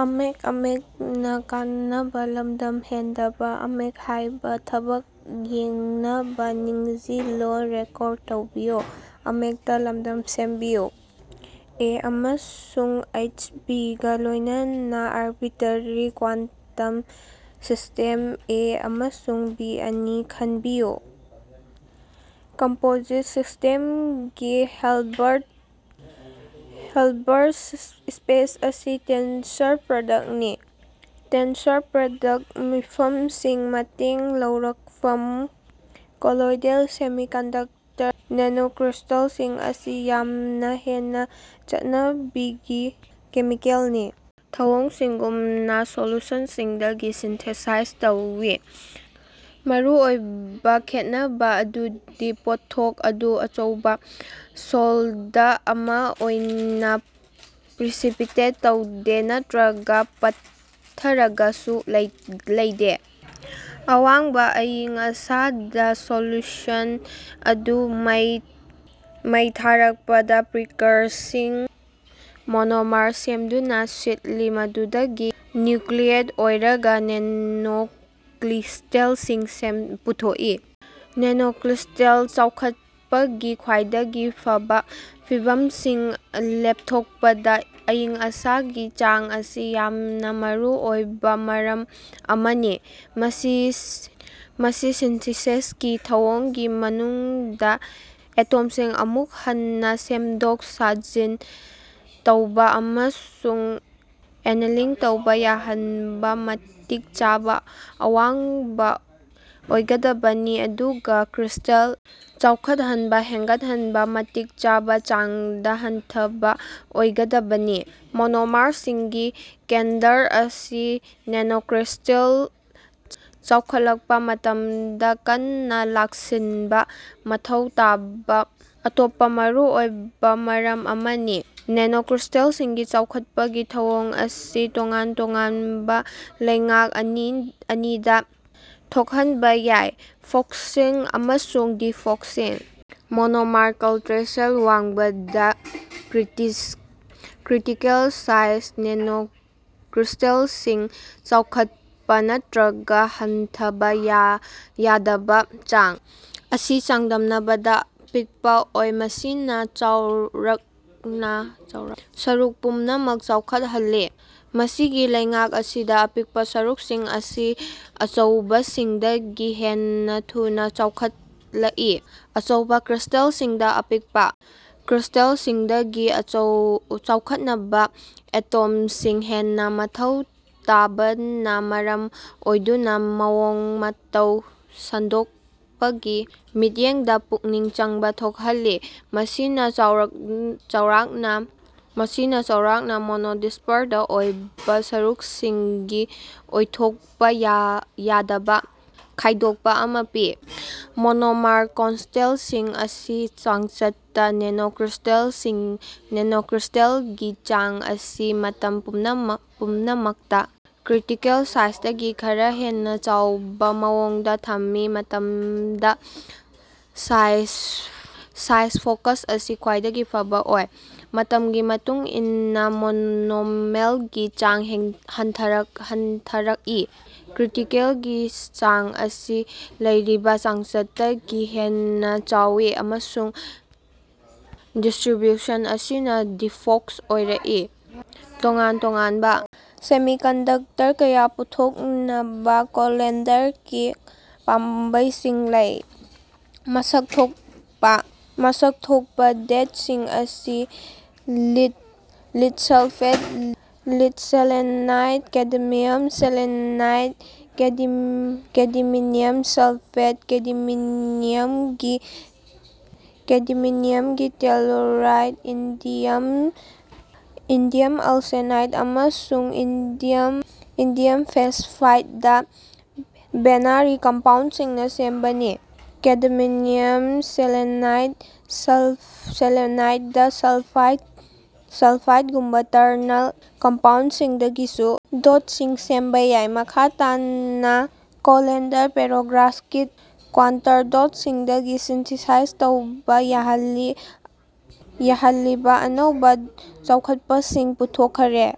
ꯑꯦ. ꯑꯃꯁꯨꯡ H. B. ꯒ ꯂꯣꯏꯅꯅ ꯑꯔꯕꯤꯇꯔꯔꯤ ꯀ꯭ꯋꯥꯟꯇꯝ ꯁꯤꯁꯇꯦꯝ ꯑꯦ ꯑꯃꯁꯨꯡ ꯕꯤ ꯑꯅꯤ ꯈꯟꯕꯤꯌꯨ꯫ ꯀꯝꯄꯣꯖꯤꯠ ꯁꯤꯁꯇꯦꯝꯒꯤ ꯍꯤꯜꯕꯔꯠ ꯁ꯭ꯄꯦꯁ ꯑꯁꯤ ꯇꯦꯟꯁꯔ ꯄ꯭ꯔꯗꯛꯅꯤ꯫ꯇꯦꯟꯁꯔ ꯄ꯭ꯔꯗꯛ ꯃꯤꯐꯝꯁꯤꯡ ꯃꯇꯦꯡ ꯂꯧꯔꯛꯐꯝ ꯀꯣꯂꯣꯏꯗꯦꯜ ꯁꯦꯃꯤꯀꯟꯗꯛꯇꯔ ꯅꯦꯅꯣꯀ꯭ꯔꯤꯁꯇꯜꯁꯤꯡ ꯑꯁꯤ ꯌꯥꯝꯅ ꯍꯦꯟꯅ ꯆꯠꯅꯕꯤꯒꯤ ꯀꯦꯃꯤꯀꯦꯜꯒꯤ ꯊꯧꯑꯣꯡꯁꯤꯡꯒꯨꯝꯅ, ꯁꯣꯜꯂꯨꯁꯟꯁꯤꯡꯗꯒꯤ ꯁꯤꯟꯊꯦꯁꯥꯏꯖ ꯇꯧꯋꯤ꯫ ꯃꯔꯨꯑꯣꯏꯕ ꯈꯦꯠꯅꯕ ꯑꯗꯨꯗꯤ ꯄꯣꯠꯊꯣꯛ ꯑꯗꯨ ꯑꯆꯧꯕ ꯁꯣꯜꯗ ꯑꯃ ꯑꯣꯏꯅ ꯄꯔꯁꯤꯄꯤꯇꯦꯠ ꯇꯧꯗꯦ ꯅꯠꯇ꯭ꯔꯒ ꯄꯠꯊꯔꯒꯁꯨ ꯂꯩꯗꯦ꯫ ꯑꯋꯥꯡꯕ ꯑꯏꯪꯑꯁꯥꯗ ꯁꯣꯂ꯭ꯌꯨꯁꯟ ꯑꯗꯨ ꯃꯩ ꯊꯥꯔꯛꯄꯗ, ꯄ꯭ꯔꯤꯀꯁꯔꯁꯤꯡ ꯃꯣꯅꯣꯃꯔ ꯁꯦꯝꯗꯨꯅ ꯁꯤꯠꯂꯤ, ꯃꯗꯨꯗꯒꯤ ꯅ꯭ꯌꯨꯀ꯭ꯂꯤꯌꯦꯠ ꯑꯣꯏꯔꯒ ꯅꯦꯅꯣꯀ꯭ꯔꯤꯁꯇꯜꯁꯤꯡ ꯄꯨꯊꯣꯛꯏ꯫ ꯅꯦꯅꯣꯀ꯭ꯔꯤꯁꯇꯜ ꯆꯥꯎꯈꯠꯄꯒꯤ ꯈ꯭ꯋꯥꯏꯗꯒꯤ ꯐꯕ ꯐꯤꯚꯝꯁꯤꯡ ꯂꯦꯞꯊꯣꯛꯄꯗ ꯑꯏꯪ-ꯑꯁꯥꯒꯤ ꯆꯥꯡ ꯑꯁꯤ ꯌꯥꯝꯅ ꯃꯔꯨ ꯑꯣꯏꯕ ꯃꯔꯝ ꯑꯃꯅꯤ꯫ ꯃꯁꯤ ꯁꯤꯟꯇꯤꯁꯦꯁꯀꯤ ꯊꯧꯑꯣꯡꯒꯤ ꯃꯅꯨꯡꯗ ꯑꯦꯇꯣꯝꯁꯤꯡ ꯑꯃꯨꯛ ꯍꯟꯅ ꯁꯦꯝꯗꯣꯛ-ꯁꯦꯝꯖꯤꯟ ꯇꯧꯕ ꯑꯃꯁꯨꯡ ꯑꯦꯅꯤꯂꯤꯡ ꯇꯧꯕ ꯌꯥꯍꯟꯅꯕ ꯃꯇꯤꯛ ꯆꯥꯕ ꯑꯋꯥꯡꯕ ꯑꯣꯏꯒꯗꯕꯅꯤ ꯑꯗꯨꯒ ꯀ꯭ꯔꯤꯁꯇꯜ ꯆꯥꯎꯈꯠꯍꯟꯕ ꯍꯦꯟꯒꯠꯍꯟꯅꯕ ꯃꯇꯤꯛ ꯆꯥꯕ ꯆꯥꯡꯗ ꯍꯟꯊꯕ ꯑꯣꯏꯒꯗꯕꯅꯤ꯫ ꯃꯣꯅꯣꯃꯔꯁꯤꯡꯒꯤ ꯀꯦꯟꯗ꯭ꯔ ꯑꯁꯤ ꯅꯦꯅꯣꯀ꯭ꯔꯤꯁꯇꯜ ꯆꯥꯎꯈꯠꯂꯛꯄ ꯃꯇꯝꯗ ꯀꯟꯅ ꯂꯥꯛꯁꯤꯟꯕ ꯃꯊꯧ ꯇꯥꯕ ꯑꯇꯣꯞꯄ ꯃꯔꯨꯑꯣꯏꯕ ꯃꯔꯝ ꯑꯃꯅꯤ꯫ ꯅꯦꯅꯣꯀ꯭ꯔꯤꯁꯇꯜꯁꯤꯡꯒꯤ ꯆꯥꯎꯈꯠꯄꯒꯤ ꯊꯧꯑꯣꯡ ꯑꯁꯤ ꯇꯣꯉꯥꯟ-ꯇꯣꯉꯥꯟꯕ ꯂꯩꯉꯥꯛ ꯑꯅꯤꯗ ꯊꯣꯛꯍꯟꯕ ꯌꯥꯏ: "ꯐꯣꯀꯁꯤꯡ" ꯑꯃꯁꯨꯡ "ꯗꯤꯐꯣꯀꯁꯤꯡ"꯫ ꯃꯣꯅꯣꯃꯔ ꯀꯟꯇ꯭ꯔꯦꯁꯟ ꯋꯥꯡꯕꯗ, ꯀ꯭ꯔꯤꯇꯤꯀꯦꯜ ꯁꯥꯏꯖ (ꯅꯦꯅꯣꯀ꯭ꯔꯤꯁꯇꯜꯁꯤꯡ ꯆꯥꯎꯈꯠꯄ ꯅꯠꯇ꯭ꯔꯒ ꯍꯟꯊꯕ ꯌꯥꯗꯕ ꯆꯥꯡ) ꯑꯁꯤ ꯆꯥꯡꯗꯝꯅꯕꯗ ꯄꯤꯛꯄ ꯑꯣꯏ, ꯃꯁꯤꯅ ꯆꯥꯎꯔꯥꯛꯅ ꯁꯔꯨꯛ ꯄꯨꯝꯅꯃꯛ ꯆꯥꯎꯈꯠꯍꯜꯂꯤ꯫ ꯃꯁꯤꯒꯤ ꯂꯩꯉꯥꯛ ꯑꯁꯤꯗ, ꯑꯄꯤꯛꯄ ꯁꯔꯨꯛꯁꯤꯡ ꯑꯁꯤ ꯑꯆꯧꯕꯁꯤꯡꯗꯒꯤ ꯍꯦꯟꯅ ꯊꯨꯅ ꯆꯥꯎꯈꯠꯂꯛꯏ (ꯑꯆꯧꯕ ꯀ꯭ꯔꯤꯁ꯭ꯇꯦꯜꯁꯤꯡꯗ ꯑꯄꯤꯛꯄ ꯀ꯭ꯔꯤꯁꯇꯜꯁꯤꯡꯗꯒꯤ ꯆꯥꯎꯈꯠꯅꯕ ꯑꯦꯇꯣꯝꯁꯤꯡ ꯍꯦꯟꯅ ꯃꯊꯧ ꯇꯥꯕꯅ ꯃꯔꯝ ꯑꯣꯏꯗꯨꯅ ꯃꯑꯣꯡ-ꯃꯇꯧ ꯁꯟꯗꯣꯛꯄꯒꯤ ꯃꯤꯠꯌꯦꯡꯗ ꯄꯨꯛꯅꯤꯡ ꯆꯪꯕꯥ ꯊꯣꯛꯍꯜꯂꯤ, ꯃꯁꯤꯅ ꯆꯥꯎꯔꯥꯛꯅ ꯃꯣꯅꯣꯗꯤꯁꯄꯔꯗ ꯑꯣꯏꯕ ꯁꯔꯨꯛꯁꯤꯡꯒꯤ ꯑꯣꯏꯊꯣꯛꯄ ꯌꯥꯗꯕ ꯈꯥꯏꯗꯣꯛꯄ ꯑꯃ ꯄꯤ꯫ ꯃꯣꯅꯣꯃꯔ ꯀꯣꯟꯁꯇ꯭ꯔꯦꯁꯟ ꯑꯁꯤ ꯆꯥꯡꯆꯠꯇ ꯅꯦꯅꯣꯀ꯭ꯔꯤꯁꯇꯜꯒꯤ ꯆꯥꯡ ꯑꯁꯤ ꯃꯇꯝ ꯄꯨꯝꯅꯃꯛꯇ ꯀ꯭ꯔꯤꯇꯤꯀꯦꯜ ꯁꯥꯏꯖꯗꯒꯤ ꯈꯔ ꯍꯦꯟꯅ ꯆꯥꯎꯕ ꯃꯑꯣꯡꯗ ꯊꯝꯕ ꯃꯇꯝꯗ ꯁꯥꯏꯖ ꯐꯣꯀꯦꯁꯡ ꯑꯁꯤ ꯈ꯭ꯋꯥꯏꯗꯒꯤ ꯐꯕ ꯑꯣꯏ꯫ ꯃꯇꯝꯒꯤ ꯃꯇꯨꯡ ꯏꯟꯅ ꯃꯣꯅꯣꯃꯔꯒꯤ ꯆꯥꯡ ꯍꯟꯊꯔꯛꯏ, ꯀ꯭ꯔꯤꯇꯤꯀꯦꯜꯒꯤ ꯆꯥꯡ ꯑꯁꯤ ꯂꯩꯔꯤꯕ ꯆꯥꯡꯆꯠꯇꯒꯤ ꯍꯦꯟꯅ ꯆꯥꯎꯏ, ꯑꯃꯁꯨꯡ ꯗꯤꯁꯇ꯭ꯔꯤꯕ꯭ꯌꯨꯁꯟ ꯑꯁꯤꯅ ꯗꯤꯐꯣꯀꯁ ꯑꯣꯏꯔꯛꯏ꯫ ꯇꯣꯉꯥꯟ-ꯇꯣꯉꯥꯟꯕ ꯁꯦꯃꯤꯀꯟꯗꯛꯇꯔ ꯀꯌꯥ ꯄꯨꯊꯣꯛꯅꯕ ꯀꯣꯂꯣꯏꯗꯦꯜꯒꯤ ꯄꯥꯝꯕꯩꯁꯤꯡ ꯂꯩ꯫ ꯃꯁꯛ ꯊꯣꯛꯄ ꯗꯣꯠꯁꯤꯡ ꯑꯁꯤ lead sulphide, lead selenide, cadmium selenide, cadmium sulphide, ꯀꯦꯗꯤꯃꯤꯅ꯭ꯌꯝꯒꯤ ꯇꯦꯂꯨꯔꯥꯏꯗ, ꯏꯟꯗꯤꯌꯝ ꯑꯥꯔꯁꯦꯅꯥꯏꯗ, ꯑꯃꯁꯨꯡ ꯏꯟꯗꯤꯌꯝ ꯐꯣꯁꯐꯥꯏꯗ ꯕꯦꯅꯔꯤ ꯀꯝꯄꯥꯎꯟꯁꯤꯡꯅ ꯁꯦꯝꯕꯅꯤ꯫ ꯀꯦꯗꯃꯤꯌꯝ ꯁꯦꯂꯦꯅꯥꯏꯗ ꯁꯜꯐꯥꯏꯗꯒꯨꯝꯕ ꯇꯔꯅꯔꯤ ꯀꯝꯄꯥꯎꯟꯁꯤꯡꯗꯒꯤꯁꯨ ꯗꯣꯠꯁꯤꯡ ꯁꯦꯝꯕ ꯌꯥꯏ꯫ ꯃꯈꯥ ꯇꯥꯅ, ꯀꯣꯂꯣꯏꯗꯦꯜ ꯄꯦꯔꯣꯚꯁ꯭ꯀꯤꯠ ꯀ꯭ꯋꯥꯟꯇꯝ ꯗꯣꯠꯁꯤꯡꯒꯤ ꯁꯤꯟꯊꯤꯁꯤꯁ ꯇꯧꯕ ꯌꯥꯍꯜꯂꯤꯕ ꯑꯅꯧꯕ ꯆꯥꯎꯈꯠꯄꯁꯤꯡ ꯄꯨꯊꯣꯛꯈ꯭ꯔꯦ꯫